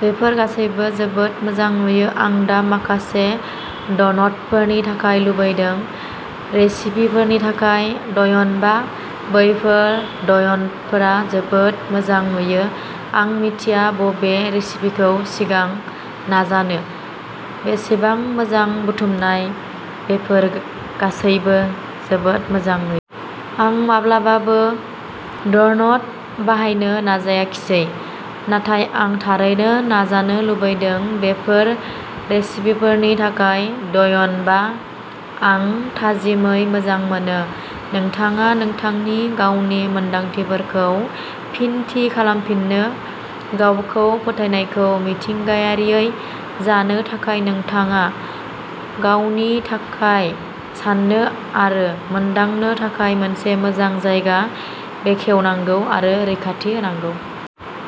बेफोर गासैबो जोबोद मोजां नुयो, आं दा माखासे ड'नटफोरनि थाखाय लुबैदों। रेसिपिफोरनि थाखाय धन्यबा! बैफोर ड'नटफोरा जोबोद मोजां नुयो। आं मिथिया बबे रेसिपिखौ सिगां नाजानो। बेसेबां मोजां बुथुमनाय। बेफोर गासैबो जोबोद मोजां नुयो। आं माब्लाबाबो ड'नट बानायनो नाजाखिसै नाथाय आं थारैनो नाजानो लुबैदों। बेफोर रेसिपिफोरनि थाखाय धन्यबा! आं थाजिमै मोजां मोनो। नोंथाङा नोंथांनि गावनि मोन्दांथिफोरखौ फिन थि खालामफिनो। गावखौ फोथायनायखौ मिथिंगायारियै जानो थाखाय नोंथाङा गावनि थाखाय साननो आरो मोनदांनो थाखाय मोनसे मोजां जायगा खेवनांगौ आरो रैखाथि होनांगौ।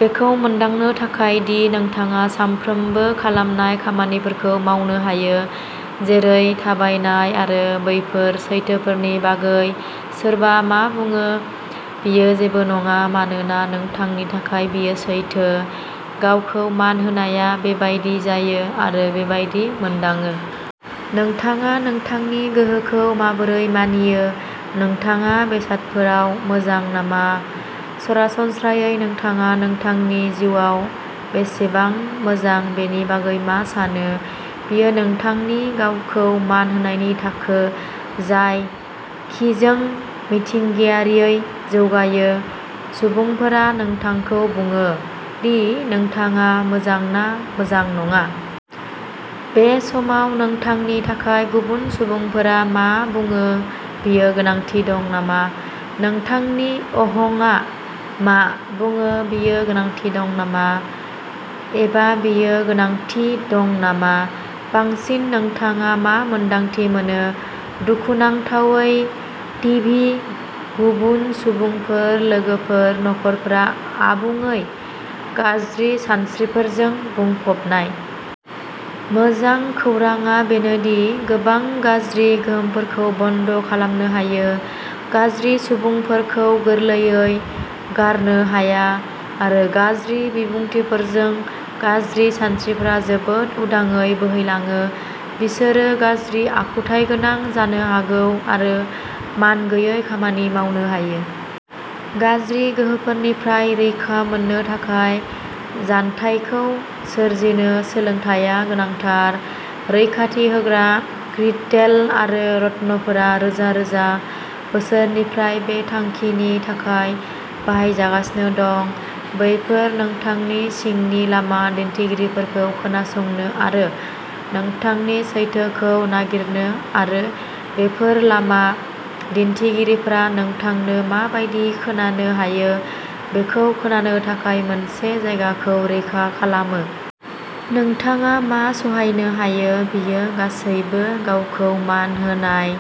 बेखौ मोनदांनो थाखाय दि नोंथाङा सानफ्रोमबो खालामनाय खामानिफोरखौ मावनो हायो, जेरै थाबायनाय आरो बेफोर सैथोफोरनि बागै सोरबा मा बुङो बेयो जेबो नङा मानोना नोंथांनि थाखाय, बेयो सैथो। गावखौ मान होनायआ बेबायदि जायो आरो बेबादि मोनदाङो। नोंथाङा नोंथांनि गोहोखौ माबोरै मानियो। नोंथाङा बेसादफोराव मोजां नामा? सरासनस्रायै, नोंथाङा नोंथांनि जिउआव बेसेबां मोजां बेनि बागै मा सानो। बेयो नोंथांनि गावखौ मान होनायनि थाखो, जाय किजों मिथिंगायारियै जौगायो। सुबुंफोरा नोंथांखौ बुङो दि नोंथाङा मोजां ना मोजां नङा? बे समाव नोंथांनि थाखाय गुबुन सुबुंफोरा मा बुङो बेयो गोनांथि दं नामा? नोंथांनि अहंआ मा बुङो बेयो गोनांथि दं नामा? एबा बेयो गोनांथि दं नामा? बांसिन नोंथाङा मा मोन्दांथि मोनो। दुखुनांथावै, टिभि, गुबुन सुबुंफोर, लोगोफोर, नखरफोरा आबुङै गाज्रि सानस्रिफोरजों बुंफबनाय। मोजां खौरांआ बेनो दि गोबां गाज्रि गोहोमफोरखौ बन्द खालामनो हायो। गाज्रि सुबुंफोरखौ गोरलैयै गारनो हाया आरो गाज्रि बिबुंथिफोरजों गाज्रि सानस्रिफोरा जोबोद उदाङै बोहैलाङो, बिसोरो गाज्रि आखुथायगोनां जानो हागौ आरो मानगैयै खामानि मावनो हायो। गाज्रि गोहोफोरनिफ्राय रैखा मोननो थाखाय जानथायखौ सोरजिनो सोलोंनाया गोनांथार। रैखाथि होग्रा क्रिस्टेल आरो रत्नफोरा रोजा-रोजा बोसोरफोरनिफ्राय बे थांखिनि थाखाय बाहायजागासिनो दं। बेफोर नोंथांनि सिंनि लामा दिन्थिगिरिफोरखौ खोनासंनो आरो नोंथांनि सैथोखौ नागिरनो आरो बेफोर लामा दिन्थिगिरिफोरा नोंथांनो मा बायदि खोनानो हायो बेखौ खोनानो थाखाय मोनसे जायगाखौ रैखा खालामो। नोंथाङा मा सहायनो हायो बेयो गासैबो गावखौ मान होनाय,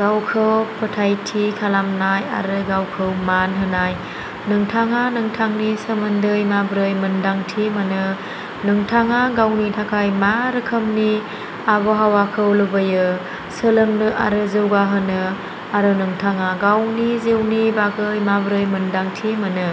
गावखौ फोथायथि खालामनाय आरो गावखौ मान होनाय। नोंथाङा नोंथांनि सोमोन्दै माबोरै मोन्दांथि मोनो, नोंथाङा गावनि थाखाय मा रोखोमनि आबहावाखौ लुबैयो, सोलोंनो आरो जौगाहोनो, आरो नोंथाङा गावनि जिउनि बागै माबोरै मोन्दांथि मोनो।